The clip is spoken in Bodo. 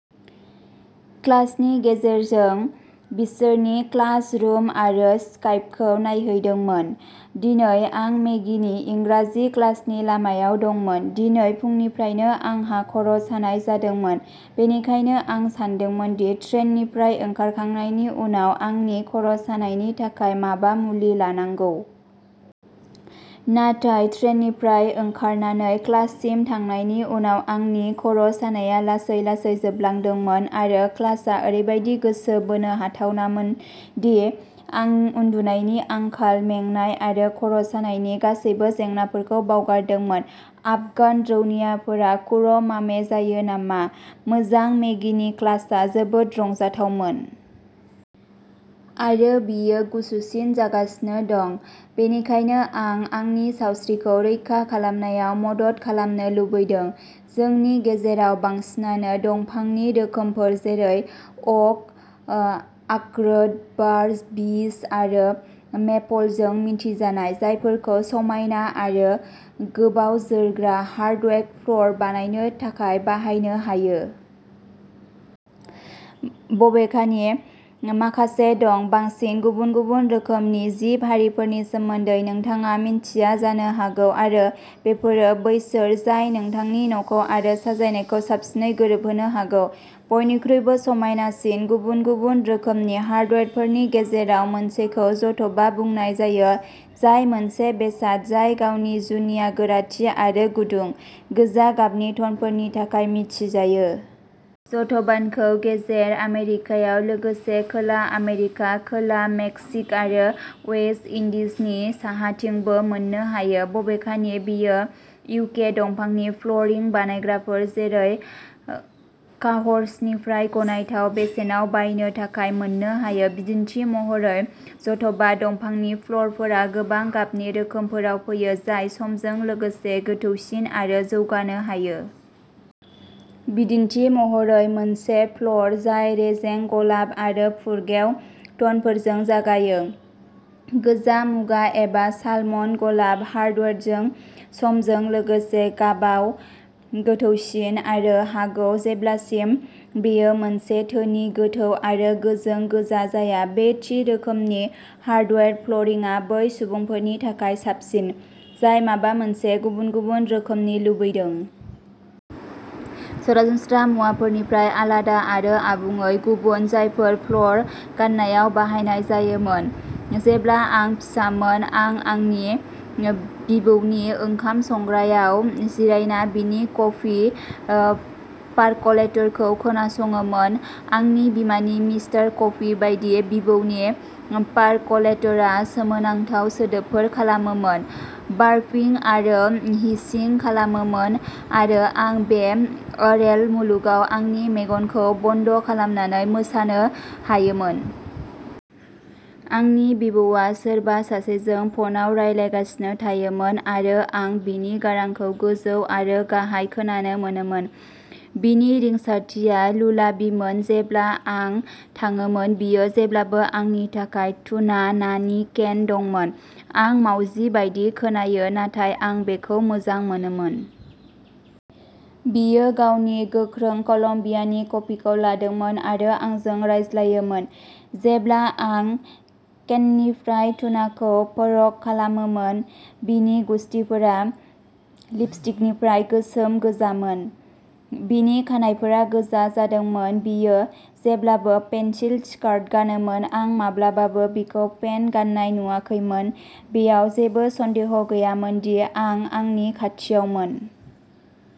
क्लासनि गेजेरजों बिसोरनि क्लास रुम आरो स्काइपखौ नायहैदोंमोन। दिनै, आं मेगीनि इंराजि क्लासनि लामायाव दंमोन। दिनै फुंनिफ्रायनो आंहा खर'सानाय जादोंमोन। बेनिखायनो आं सानदोंमोन दि ट्रेननिफ्राय ओंखारखांनायनि उनाव आंनि खर'सानायनि थाखाय माबा मुलि लानांगौ। नाथाय ट्रेननिफ्राय ओंखारनानै क्लाससिम थांनायनि उनाव, आंनि खर'सनाया लासै-लासै जोबलांदोंमोन। आरो क्लासआ ओरैबायदि गोसो बोनो हाथावनामोन दि आं उन्दुनायनि आंखाल, मेंनाय आरो खर'सानायनि गासैबो जेंनाफोरखौ बावगारदोंमोन। "आफगान रौनियाफोरा कुर'मामे जायो नामा? मोजां, मेगीनि क्लासआ जोबोद रंजाथावमोन!! आरो बेयो गुसुसिन जागासिनो दं। बेनिखायनो, आं आंनि सावस्रिखौ रैखा खालामनायाव मदद खालामनो लुबैदों! जोंनि गेजेराव बांसिनानो दंफांनि रोखोमफोर जेरै अक, आखरोट, बार्च, बीच आरो मेपलजों मिथिजानाय, जायफोरखौ समायना आरो गोबाव जोरग्रा हार्डवुड फ्ल'र बानायनो थाखाय बाहायनो हायो। बबेखानि, माखासे दं। बांसिन गुबुन-गुबुन रोखोमनि जिब-हारिफोरनि सोमोन्दै नोंथाङा मिन्थिया जानो हागौ, आरो बेफोरो बैसोर जाय नोंथांनि न'खौ आरो साजायनायखौ साबसिनै गोरोबहोनो हागौ। बयनिख्रुइबो समायनासिन गुबुन-गुबुन रोखोमनि हार्डवुडफोरनि गेजेराव मोनसेखौ जट'बा बुंनाय जायो, जाय मोनसे बेसाद जाय गावनि जुनिया गोराथि आरो गुदुं, गोजा गाबनि टनफोरनि थाखाय मिथिजायो। जट'बानखौ गेजेर आमेरिकायाव, लोगोसे खोला आमेरिका, खोला मेक्सिक'आरो वेस्ट इंडीजनि साहाथिंबो मोननो हायो। बबेखानि, बियो इउके दंफांनि फ्ल'रिं बानायग्राफोर जेरै काहर्सनिफ्राय गनायथाव बेसेनाव बायनो थाखाय मोननो हायो, बिदिन्थि महरै। जट'बा दंफांनि फ्ल'रफोरा गोबां गाबनि रोखोमफोराव फैयो, जाय समजों लोगोसे गोथौसिन आरो जौगानो हायो। बिदिन्थि महरै, मोनसे फ्ल'र जाय रेजें गलाब आरो फुरगेव टनफोरजों जागायो, गोजा मुगा एबा सालमन गलाब हार्टवुडजों, समजों लोगोसे गाबाव गोथौसिन जानो हागौ जेब्लासिम बेयो मोनसे धोनि, गोथौ आरो गोजों गोजा जाया। बे थि रोखोमनि हार्डवुड फ्ल'रिंआ बै सुबुंफोरनि थाखाय साबसिन जाय माबा मोनसे गुबुन-गुबुन रोखोमनि लुबैदों। सरासनस्रा मुवाफोरनिफ्राय आलादा आरो आबुङै गुबुन, जायफोरखौ फ्लोर गाननायाव बाहायनाय जायोमोन। जेब्ला आं फिसामोन, आं आंनि बिबौनि ओंखाम संग्रायाव जिरायना बिनि कफि पारकलेटरखौ खोनासङोमोन। आंनि बिमानि मिस्टार कफि बायदि, बिबौनि पारकलेटरआ सोमोनांथाव सोदोबफोर खालामोमोन, बार्पिं आरो हिसिं खालामोमोन, आरो आं बे आरेल मुलुगाव आंनि मेगनखौ बन्द'खालामनानै मोसानो हायोमोन। आंनि बिबौआ सोरबा सासेजों फनआव रायज्लायगासिनो थायोमोन आरो आं बिनि गारांखौ गोजौ आरो गाहाय खोनानो मोनोमोन, बिनि रिंसारथिया लुलाबिमोन। जेब्ला आं थाङोमोन, बियो जेब्लाबो आंनि थाखाय टुना नानि केन दंमोन। आं मावजि बायदि खोनायो, नाथाय आं बेखौ मोजां मोनोमोन। बियो गावनि गोख्रों कलम्बियानि कफिखौ लोंदोंमोन आरो आंजों रायज्लायोमोन, जेब्ला आं केननिफ्राय टुनाखौ फोरक खालामोमोन। बिनि गुसथिफोरा लिपस्टिकनिफ्राय गोसोम गोजामोन, बिनि खानाइफोरा गोजा जादोंमोन। बियो जेब्लाबो पेन्सिल स्कार्ट गानोमोन, आं माब्लाबाबो बिखौ पेन्ट गान्नाय नुवाखैमोन। बेयाव जेबो सन्देह गैयामोन दि आं आंनि खाथियावमोन।